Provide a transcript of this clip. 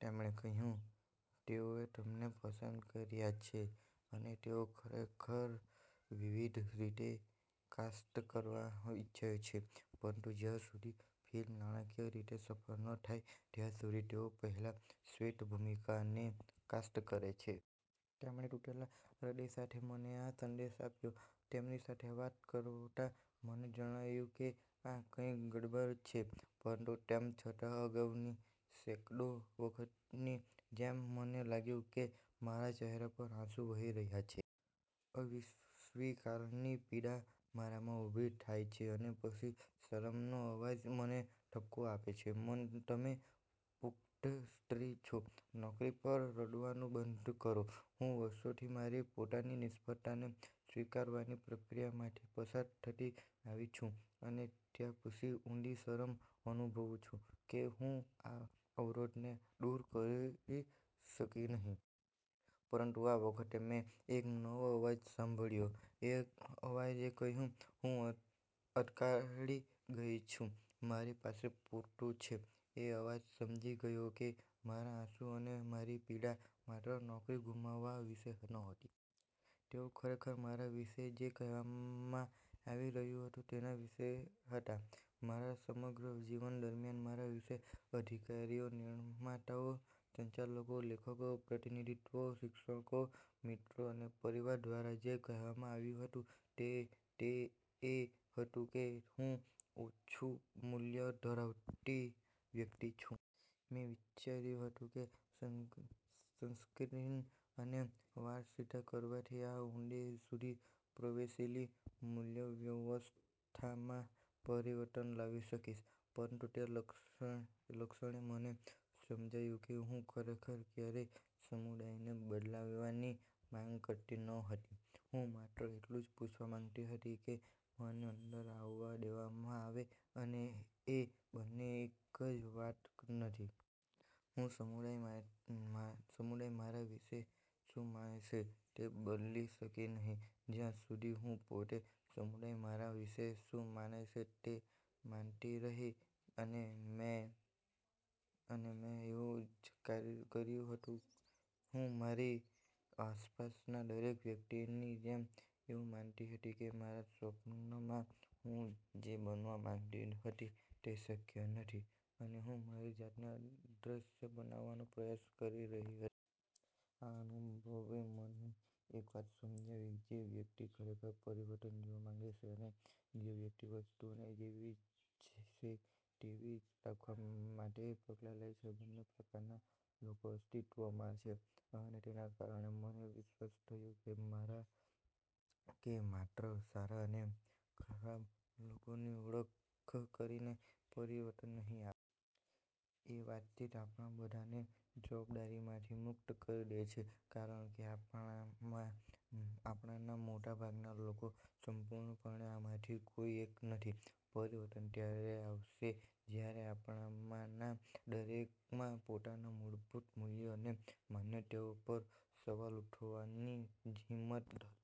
તેમણે કહ્યું, “તેઓએ તમને પસંદ કર્યા છે અને તેઓ ખરેખર, વિવિધ રીતે કાસ્ટ કરવા ઇચ્છે છે, પરંતુ જ્યાં સુધી ફિલ્મ નાણાકીય રીતે સફળ ન થાય ત્યાં સુધી તેઓ પહેલા શ્વેત ભૂમિકાને કાસ્ટ કરે છે.” તેમણે તૂટેલા હૃદય સાથે મને આ સંદેશ આપ્યો. તેમની સાથે વાત કરતાં મને જણાયું કે આ કંઈક ગડબડ છે. પરંતુ તેમ છતાં, અગાઉની સેંકડો વખતની જેમ, મને લાગ્યું કે મારા ચહેરા પર આંસુ વહી રહ્યાં છે. અસ્વીકારની પીડા મારામાં ઊભી થાય છે અને પછી શરમનો અવાજ મને ઠપકો આપે છે, “તમે પુખ્ત સ્ત્રી છો, નોકરી પર રડવાનું બંધ કરો.” હું વર્ષોથી મારી પોતાની નિષ્ફળતાને સ્વીકારવાની પ્રક્રિયામાંથી પસાર થતી આવી છું અને ત્યાર પછી ઊંડી શરમ અનુભવું છું કે હું આ અવરોધોને દૂર કરી શકી નહીં. પરંતુ આ વખતે મેં એક નવો અવાજ સાંભળ્યો. એ અવાજે કહ્યું, “હું અટકળી ગઈ છું. મારી પાસે પૂરતું છે.” એ અવાજ સમજી ગયો કે મારા આંસુ અને મારી પીડા માત્ર નોકરી ગુમાવવા વિશે નહોતી. તેઓ ખરેખર મારા વિશે જે કહેવામાં આવી રહ્યું હતું તેના વિશે હતાં. મારા સમગ્ર જીવન દરમિયાન મારા વિશે અધિકારીઓ, નિર્માતાઓ, સંચાલકો, લેખકો, પ્રતિનિધિઓ, શિક્ષકો, મિત્રો અને પરિવાર દ્વારા જે કહેવામાં આવ્યું હતું, તે એ હતું કે હું ઓછું મૂલ્ય ધરાવતી વ્યક્તિ છું. મેં વિચાર્યું હતું કે સનસ્ક્રીન અને વાળ સીધા કરવાથી આ ઊંડે સુધી પ્રવેશેલી મૂલ્યવ્યવસ્થામાં પરિવર્તન લાવી શકીશ. પરંતુ તે ક્ષણે મને સમજાયું કે હું ખરેખર ક્યારેય સમુદાયને બદલવાની માંગ કરતી નહોતી. હું માત્ર એટલું જ પૂછવા માંગતી હતી કે મને અંદર આવવા દેવામાં આવે, અને એ બંને એક જ વાત નથી. હું સમુદાય મારા વિશે શું માને છે તે બદલી શકી નહીં, જ્યાં સુધી હું પોતે સમુદાય મારા વિશે શું માને છે તે માનતી રહી. અને મેં એવું જ કર્યું હતું. હું, મારી આસપાસના દરેક વ્યક્તિની જેમ, એવું માનતી હતી કે મારા સ્વપ્નમાં હું જે બનવા માંગતી હતી તે શક્ય નથી, અને હું મારી જાતને અદૃશ્ય બનાવવાનો પ્રયાસ કરી રહી હતી. આ અનુભવે મને એક વાત સમજાવી: જે વ્યક્તિ ખરેખર પરિવર્તન જોવા માંગે છે અને જે વ્યક્તિ વસ્તુઓને જેવી છે તેવી જ રાખવા માટે પગલાં લે છે, બંને પ્રકારના લોકો અસ્તિત્વમાં છે. અને તેના કારણે મને વિશ્વાસ થયો કે માત્ર સારા અને ખરાબ લોકોની ઓળખ કરીને પરિવર્તન નહીં આવે. એ વાતચીત આપણા બધાને જવાબદારીમાંથી મુક્ત કરી દે છે, કારણ કે આપણામાંના મોટાભાગના લોકો સંપૂર્ણપણે આમાંથી કોઈ એક નથી. પરિવર્તન ત્યારે આવશે જ્યારે આપણામાંના દરેકમાં પોતાના મૂળભૂત મૂલ્યો અને માન્યતાઓ પર સવાલ ઉઠાવવાની હિંમત હશે.